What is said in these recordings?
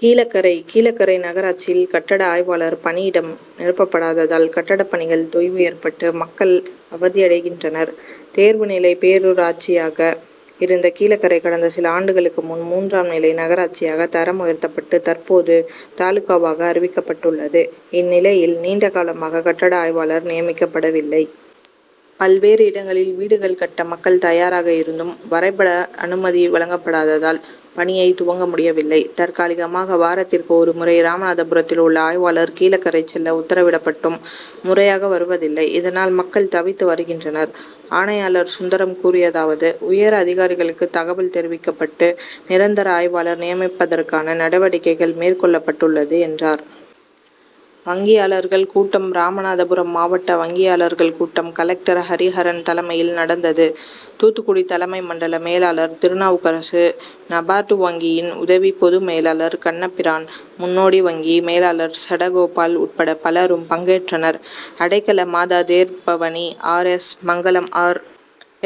கீழக்கரை கீழக்கரை நகராட்சியில் கட்டட ஆய்வாளர் பணியிடம் நிரப்படாததால், கட்டட பணிகள் தொய்வு ஏற்பட்டு மக்கள் அவதியடைகின்றனர். தேர்வு நிலை பேரூராட்சியாக இருந்த கீழக்கரை கடந்த சில ஆண்டுகளுக்கு முன் மூன்றாம் நிலை நகராட்சியாக தரம் உயர்த்தப்பட்டு தற்போது தாலுகாவாக அறிவிக்கப்பட்டுள்ளது. இந் நிலையில் நீண்ட காலமாக கட்டட ஆய்வாளர் நியமிக்கப்படவில்லை. பல்வேறு இடங்களில் வீடுகள் கட்ட மக்கள் தயாராக இருந்தும் வரைபட அனுமதி வழங்கப் படாததால் பணியை துவங்க முடியவில்லை. தற்காலிகமாக வாரத்திற்கு ஒருமுறை ராமநாதபுரத்தில் உள்ள ஆய்வாளர் கீழக்கரை செல்ல உத்தரவிடப்பட்டும் முறையாக வருவதில்லை. இதனால் மக்கள் தவித்து வருகின்றனர். ஆணையாளர் சுந்தரம் கூறியதாவது உயர் அதிகாரிகளுக்கு தகவல் தெர்விக்கப்பட்டு நிரந்தர ஆய்வாளர் நியமிப்பதற்கான நடவடிக்கைகள் மேற்கொள்ளப் பட்டுள்ளது, என்றார். வங்கியாளர்கள் கூட்டம் ராமநாதபுரம் மாவட்ட வங்கியாளர்கள் கூட்டம் கலெக்டர் ஹரிஹரன் தலைமையில் நடந்தது. தூத்துக்குடி தலைமை மண்டல மேலாளர் திருநாவுக்கரசு, நபார்டு வங்கியின் உதவி பொதுமேலாளர் கண்ணபிரான், முன்னோடி வங்கி மேலாளர் சடகோபால் உட்பட பலரும் பங்கேற்றனர். அடைக்கல மாதா தேர்பவனி R. S. Mangalam R.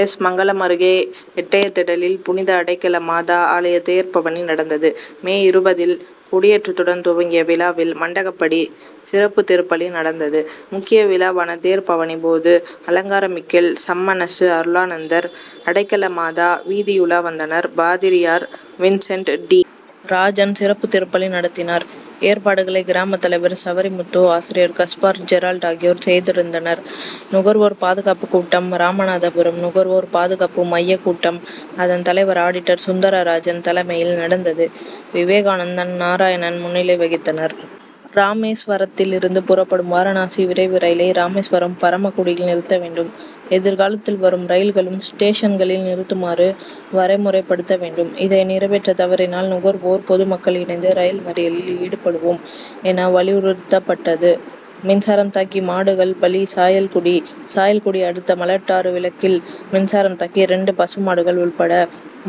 S. Mangalam அருகே எட்டயதிடலில் புனித அடைக்கல மாதா ஆலய தேர்பவனி நடந்தது. மே இருபது ல் கொடியேற்றதுடன் துவங்கிய விழாவில் மண்டகபடி, சிறப்பு திருப்பலி நடந்தது. முக்கிய விழாவான தேர்பவனிபோது அலங்கார மிக்கேல், சம்மனசு அருளானந்தர், அடைக்கலமாதா வீதியுலா வந்தனர். பாதிரியார் வின்சென்ட் டி. ராஜன் சிறப்பு திருப் பலி நடத்தினார். ஏற் பாடுகளை கிராம தலைவர் சவரிமுத்து, ஆசிரியர் கஸ்பார், ஜெரால்ட் ஆகியோர் செய்திருந்தனர். நுகர்வோர் பாதுகாப்பு கூட்டம் ராமநாதபுரம் நுகர்வோர் பாதுகாப்பு மைய கூட்டம் அதன் தலைவர் ஆடிட்டர் சுந்தராஜன் தலைமையில் நடந்தது. விவேகானந்தன், நாராயணன் முன்னிலை வகித்தனர். ராமேஸ்வரத்திலிருந்து புறப்படும் வாரணாசி விரைவு ரயிலை ராமேஸ்வரம், பரமக்குடியில் நிறுத்த வேண்டும். எதிர்காலத்தில் வரும் ரயில்களும் ஸ்டேஷன்களில் நிறுத்துமாறு வரைமுறைப்படுத்த வேண்டும். இதை நிறைவேற்ற தவறினால் நுகர்வோர், பொதுமக்கள் இணைந்து ரயில் மறியலில் ஈடுபடுவோம், என வலியுறுத்தப்பட்டது. மின்சாரம் தாக்கி மாடுகள் பலி சாயல்குடி சாயல்குடி அடுத்த மலட்டாறு விலக்கில் மின் சாரம் தாக்கி இரண்டு பசு மாடுகள் உள்பட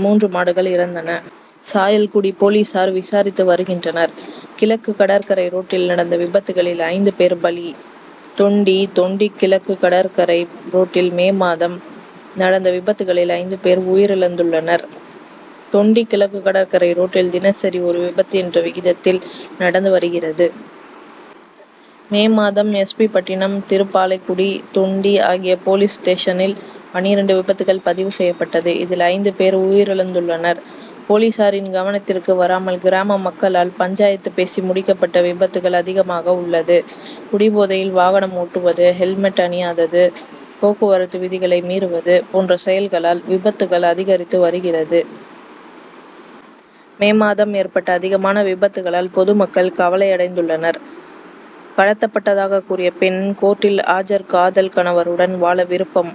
மூன்று மாடுகள் இறந்தன. சாயல்குடி போலீசார் விசாரித்து வருகின்றனர். கிழக்கு கடற்கரை ரோட்டில் நடந்த விபத்துகளில் ஐந்து பேர் பலி தொண்டி தொண்டி கிழக்குகடற்கரை ரோட்டில் மே மாதம் நடந்த விபத்துகளில் ஐந்து பேர் உயிரிழந்துள்ளனர். தொண்டி கிழக்கு கடற்கரை ரோட்டில் தினசரி ஒரு விபத்து என்ற விகிதத்தில் நடந்து வருகிறது. மே மாதம் எஸ். பி. பட்டினம், திருப்பாலைக்குடி, தொண்டி ஆகிய போலீஸ்ஸ்டேஷனில் பன்னிரண்டு விபத்துகள் பதிவு செய்யபட்டது. இதில் ஐந்துபேர் உயிழந்துள்ளனர். போலீசாரின் கவனத்திற்கு வராமல் கிராம மக்களால் பஞ்சாயத்து பேசி முடிக்கபட்ட விபத்துகள் அதிகமாக உள்ளது. குடிபோதையில் வாகனம் ஓட்டுவது, ஹெல்மெட் அணியாதது, போக்குவரத்து விதிகளை மீறுவது போன்ற செயல்களால் விபத்துகள் அதிகரித்து வருகிறது. மே மாதம் ஏற்பட்ட அதிகமான விபத்துகளால் பொதுமக்கள் கவலையடைந்துள்ளனர். கடத்தப்பட்டதாக கூறிய பெண் கோர்ட்டில் ஆஜர்காதல் கணவருடன் வாழ விருப்பம்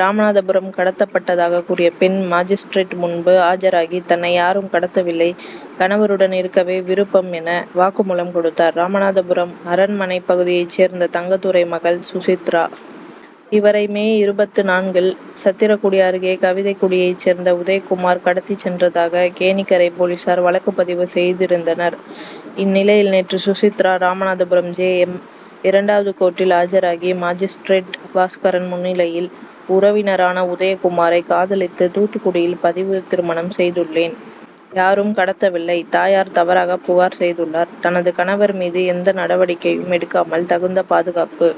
ராமநாதபுரம் கடத்தப்பட்டதாக கூறிய பெண் மாஜிஸ்திரேட் முன்பு ஆஜராகி, தன்னை யாரும் கடத்தவில்லை, கணவருடன் இருக்கவே விருப்பம் என, வாக்குமூலம் கொடுத்தார். ராமநாதபுரம் அரண் மனை பகுதியை சேர்ந்த தங்கதுரை மகள் சுசித்ரா. இவரை மே இருபத்து நான்குல் சத்திரக்குடி அருகே கவிதைகுடியை சேர்ந்த உதயகுமார் கடத்தி சென்றதாக கேணிக்கரை போலீசார் வழக்குபதிவு செய்திருந்தனர். இந்நிலையில் நேற்று சுசித்ரா ராமநாதபுரம் ஜே. எம். இரண்டாவது கோர்ட்டில் ஆஜராகி மாஜிஸ்திரேட் பாஸ்கரன் முன்னிலையில் உறவினரான உதயகுமாரை காதலித்து தூத்துக் குடியில் பதிவு திருமணம் செய்துள்ளேன். யாரும் கடத்தவில்லை. தாயார் தவறாக புகார் செய்துள்ளார். தனது கணவர் மீது எந்த நடவடிக்கையும் எடுக்காமல் தகுந்த பாதுகாப்பு